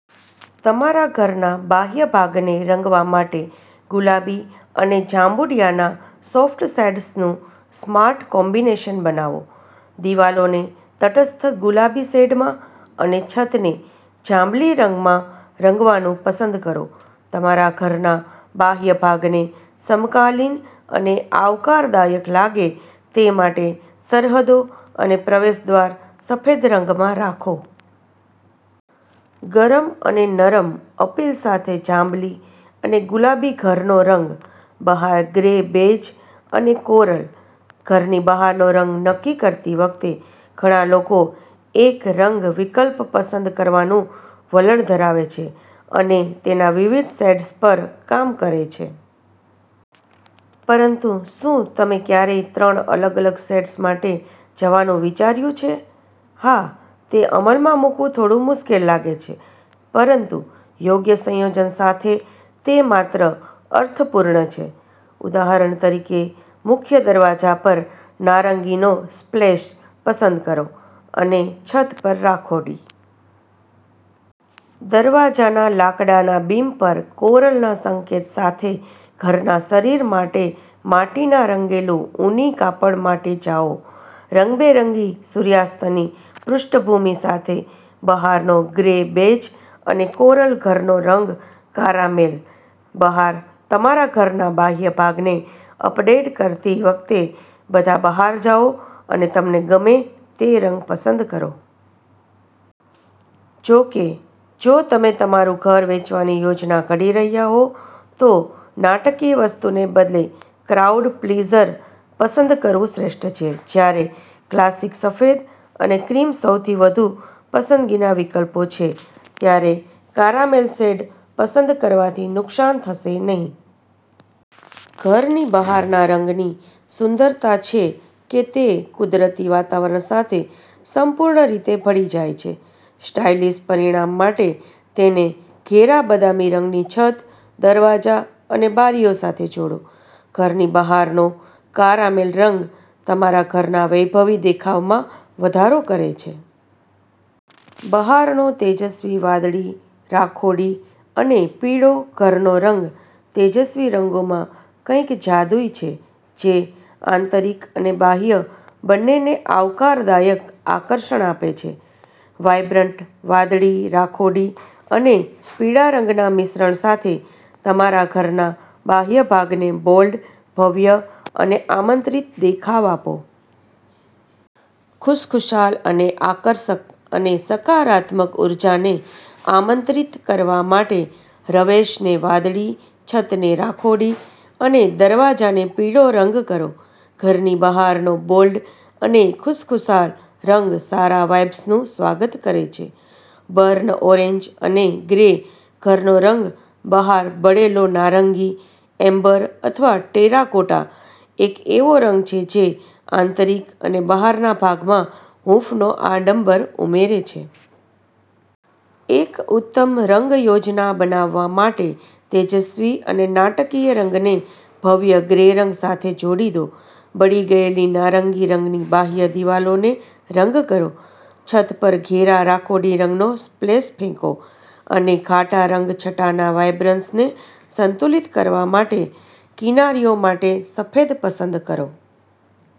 તમારા ઘરના બાહ્ય ભાગને રંગવા માટે ગુલાબી અને જાંબુડિયાના સોફ્ટ શેડ્સનું સ્માર્ટ કોમ્બિનેશન બનાવો. દિવાલોને તટસ્થ ગુલાબી શેડમાં અને છતને જાંબલી રંગમાં રંગવાનું પસંદ કરો. તમારા ઘરના બાહ્ય ભાગને સમકાલીન અને આવકારદાયક લાગે તે માટે સરહદો અને પ્રવેશ દ્વાર સફેદ રંગમાં રાખો. ગરમ અને નરમ અપીલ સાથે જાંબલી અને ગુલાબી ઘરનો રંગ. બહાર ગ્રે, બેજ અને કોરલ. ઘરની બહારનો રંગ નક્કી કરતી વખતે ઘણા લોકો એક રંગ વિકલ્પ પસંદ કરવાનું વલણ ધરાવે છે અને તેના વિવિધ શેડ્સ પર કામ કરે છે. પરંતુ શું તમે ક્યારેય ત્રણ અલગ-અલગ શેડ્સ માટે જવાનું વિચાર્યું છે? હા, તે અમલમાં મૂકવું થોડું મુશ્કેલ લાગે છે, પરંતુ યોગ્ય સંયોજન સાથે તે માત્ર અર્થપૂર્ણ છે. ઉદાહરણ તરીકે, મુખ્ય દરવાજા પર નારંગીનો સ્પ્લેશ પસંદ કરો અને છત પર રાખોડી. દરવાજાના લાકડાના બીમ પર કોરલના સંકેત સાથે ઘરના શરીર માટે માટીના રંગેલું ઊની કાપડ માટે જાઓ. રંગબેરંગી સૂર્યાસ્તની પૃષ્ઠભૂમિ સાથે બહારનો ગ્રે, બેજ અને કોરલ ઘરનો રંગ કારામેલ. બહાર તમારા ઘરના બાહ્ય ભાગને અપડેટ કરતી વખતે બધા બહાર જાઓ અને તમને ગમે તે રંગ પસંદ કરો. જો કે, જો તમે તમારું ઘર વેચવાની યોજના ઘડી રહ્યા હો તો નાટકીય વસ્તુને બદલે ક્રાઉડ-પ્લીઝર પસંદ કરવું શ્રેષ્ઠ છે. જ્યારે ક્લાસિક સફેદ અને ક્રીમ સૌથી વધુ પસંદગીના વિકલ્પો છે, ત્યારે કારામેલ શેડ પસંદ કરવાથી નુકસાન થશે નહીં. ઘરની બહારના રંગની સુંદરતાછે કે તે કુદરતી વાતાવરણ સાથે સંપૂર્ણ રીતે ભળી જાય છે. સ્ટાઇલિશ પરિણામ માટે તેને ઘેરા બદામી રંગની છત, દરવાજા અને બારીઓ સાથે જોડો. ઘરની બહારનો કારામેલ રંગ તમારા ઘરના વૈભવી દેખાવમાં વધારો કરે છે. બહારનો તેજસ્વી વાદળી, રાખોડી અને પીળો ઘરનો રંગ તેજસ્વી રંગોમાં કંઈક જાદુઈ છે જે આંતરિક અને બાહ્ય બંનેને આવકારદાયક આકર્ષણ આપે છે. વાઇબ્રન્ટ વાદળી, રાખોડી અને પીળા રંગના મિશ્રણ સાથે તમારા ઘરના બાહ્ય ભાગને બોલ્ડ, ભવ્ય અને આમંત્રિત દેખાવ આપો. ખુશખુશાલ અને આકર્ષક અને સકારાત્મક ઊર્જાને આમંત્રિત કરવા માટે રવેશને વાદળી, છતને રાખોડી અને દરવાજાને પીળો રંગ કરો. ઘરની બહારનો બોલ્ડ અને ખુશખુશાલ રંગ સારા વાઇબ્સનું સ્વાગત કરે છે. બર્ન ઓરેન્જ અને ગ્રે ઘરનો રંગ બહાર બળેલો નારંગી, એમ્બર અથવા ટેરાકોટા એક એવો રંગ છે જે આંતરિક અને બહારના ભાગમાં હૂંફનો આડંબર ઉમેરે છે. એક ઉત્તમ રંગ યોજના બનાવવા માટે તેજસ્વી અને નાટકીય રંગને ભવ્ય ગ્રે રંગ સાથે જોડી દો. બળી ગયેલી નારંગી રંગની બાહ્ય દિવાલોને રંગ કરો, છત પર ઘેરા રાખોડી રંગનો સ્પ્લેશ ફેંકો અને ઘાટા રંગ છટાના વાઇબ્રન્સને સંતુલિત કરવા માટે કિનારીઓ માટે સફેદ પસંદ કરો.